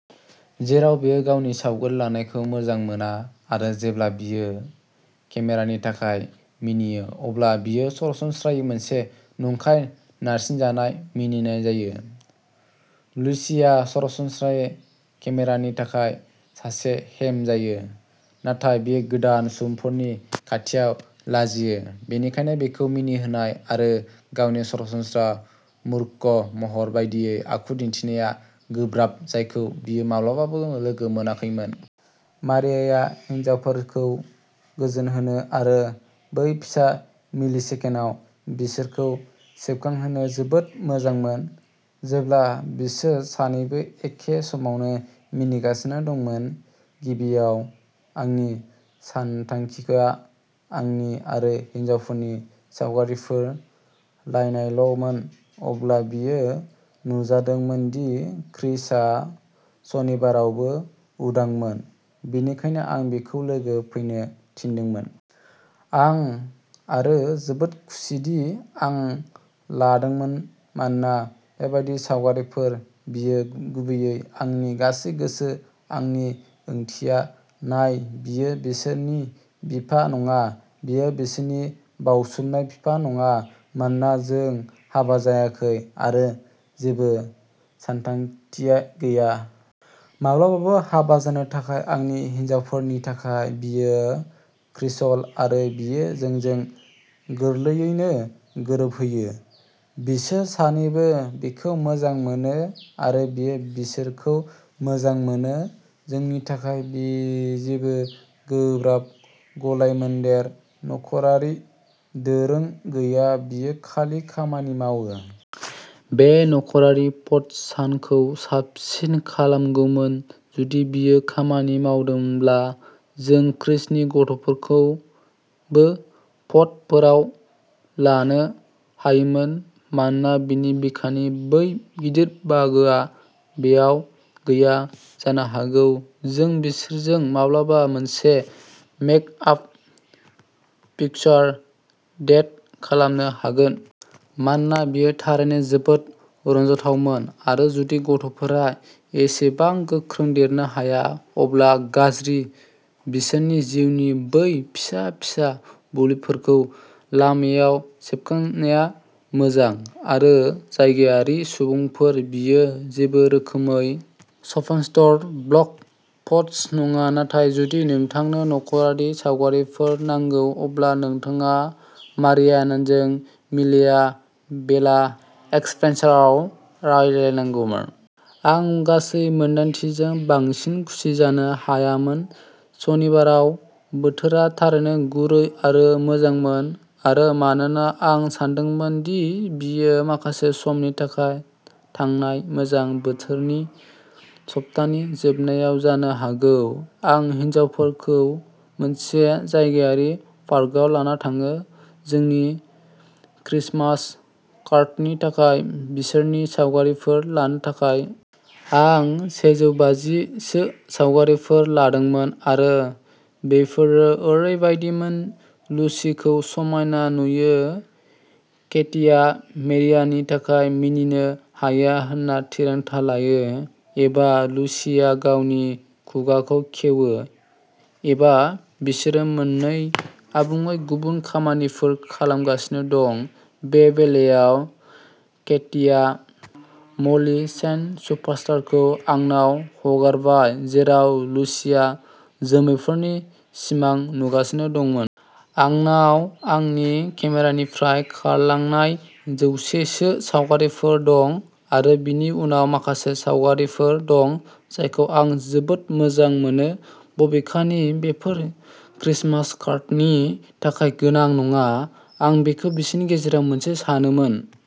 जेराव बियो गावनि सावगारि लानायखौ मोजां मोना, आरो जेब्ला बियो केमेरानि थाखाय मिनियो, अब्ला बेयो सरासनस्रायै मोनसे नंखाय नारसिनजानाय मिनिनाय जायो। लुसिआ सरासनस्रायै केमेरानि थाखाय सासे हेम जायो, नाथाय बियो गोदान सुबुंफोरनि खाथियाव लाजियो, बेनिखायनो बिखौ मिनिहोनाय आरो गावनि सरासनस्रा मूर्ख महर बायदि आखु दिन्थिनाया गोब्राब, जायखौ बियो माब्लाबाबो लोगो मोनाखैमोन। मारियाया हिनजावफोरखौ गोजोन होनो आरो बै फिसा मिलिसेकेन्डआव बिसोरखौ सेबखांहोनो जोबोद मोजांमोन, जेब्ला बिसोर सानैबो एखे समावनो मिनिगासिनो दंमोन। गिबियाव, आंनि सानथांखिआ आंनि आरो हिनजावफोरनि सावगारिफोर लायनायल'मोन। अब्ला बेयो नुजादोंमोन दि क्रिसआ सनिबारावबो उदांमोन, बेनिखायनो आं बिखौ लोगो फैनो थिनदोंमोन। आं आरो जोबोद खुसिदि आं लादोंमोन, मानोना बेबादि सावगारिफोर? बेयो गुबैयै आंनि गासै गोसो। आंनि ओंथिया, नाय, बियो बिसोरनि बिफा नङा। बियो बिसोरनि बावसोमनाय बिफा नङा, मानोना जों हाबा जायाखै आरो जेबो सानथांखि गैया। माब्लाबाबो हाबा जानो थाखाय। आंनि हिनजावसाफोरनि थाखाय, बियो क्रिसल आरो बियो जोंजों गोरलैयैनो गोरोबहैयो। बिसोर सानैबो बिखौ मोजां मोनो, आरो बियो बिसोरखौ मोजां मोनो। जोंनि थाखाय जेबो गोब्राब गलायमोन्देर नख'रारि दोरों गैया, बेयो खालि खामानि मावो। बे नख'रारि फट' सानखौ साबसिन खालामगौमोन जुदि बेयो खामानि मावदोंमोनब्ला जों क्रिसनि गथ'फोरखौबो फट'फोराव लानो हायोमोन। मानोना बिनि बिखानि बै गिदिर बाहागोआ बेयाव गैया। जानो हागौ जों बिसोरजों माब्लाबा मोनसे मेक आप पिकचार डेट खालामनो हागोन। मानोना बेयो थारैनो जोबोद रंजाथावमोन, आरो जुदि गथ'फोरा एसेबां गोख्रै देरनो हाया अब्ला गाज्रि। बिसोरनि जिउनि बै फिसा-फिसा बुब्लिफोरखौ लामायाव सेबखांनाया मोजां। आरो जायगायारि सुबुंफोर, बेयो जेबो रोखोमै स्पन्सस्टर ब्लग पस्ट नङा, नाथाय जुदि नोंथांनो नख'रारि सावगारिफोर नांगौ, अब्ला नोंथाङा मारियाजों मिया बेला एक्सप्रेसन्सआव रायज्लायनांगौ। आं गासै मोन्दांथिजों बांसिन खुसि जानो हायामोन। सनिबाराव, बोथोरा थारैनो गुरै आरो मोजांमोन, आरो मानोना आं सानदोंमोन दि बेयो माखासे समनि थाखाय थांनाय मोजां बोथोरनि सप्तानि जोबनायाव जानो हागौ, आं हिनजावफोरखौ मोनसे जायगायारि पार्कआव लाना थाङो जोंनि क्रिसमास कार्डनि थाखाय बिसोरनि सावगारिफोर लानो थाखाय। आं सेजौबाजि सो सावगारिफोर लादोंमोन, आरो बेफोरो ओरैबायदिमोन। लुसीखौ समायना नुयो, केटीआ केमेरानि थाखाय मिनिनो हाया होनना थिरांथा लायो। एबा लुसीया गावनि खुगाखौ खेवो। एबा, बिसोरो मोननै आबुङै गुबुन खामानिफोर खालामगासिनो दं। बे बेलायाव, केटीआ म'ली शेनन सुपारस्टारखौ आंनाव हगारबाय, जेराव लुसीआ जोमैफोरनि सिमां नुगासिनो दं। आंनाव आंनि केमेरानिफ्राय खारलांनाय जौसे सो सावगारिफोर दं आरो बेनि उनाव माखासे सावगारिफोर दं जायखौ आं जोबोद मोजां मोनो, बबेखानि बेफोर क्रिसमास कार्डनि थाखाय गोनां नङा। आं बेखौ बिसोरनि गेजेराव मोनसे सानोमोन।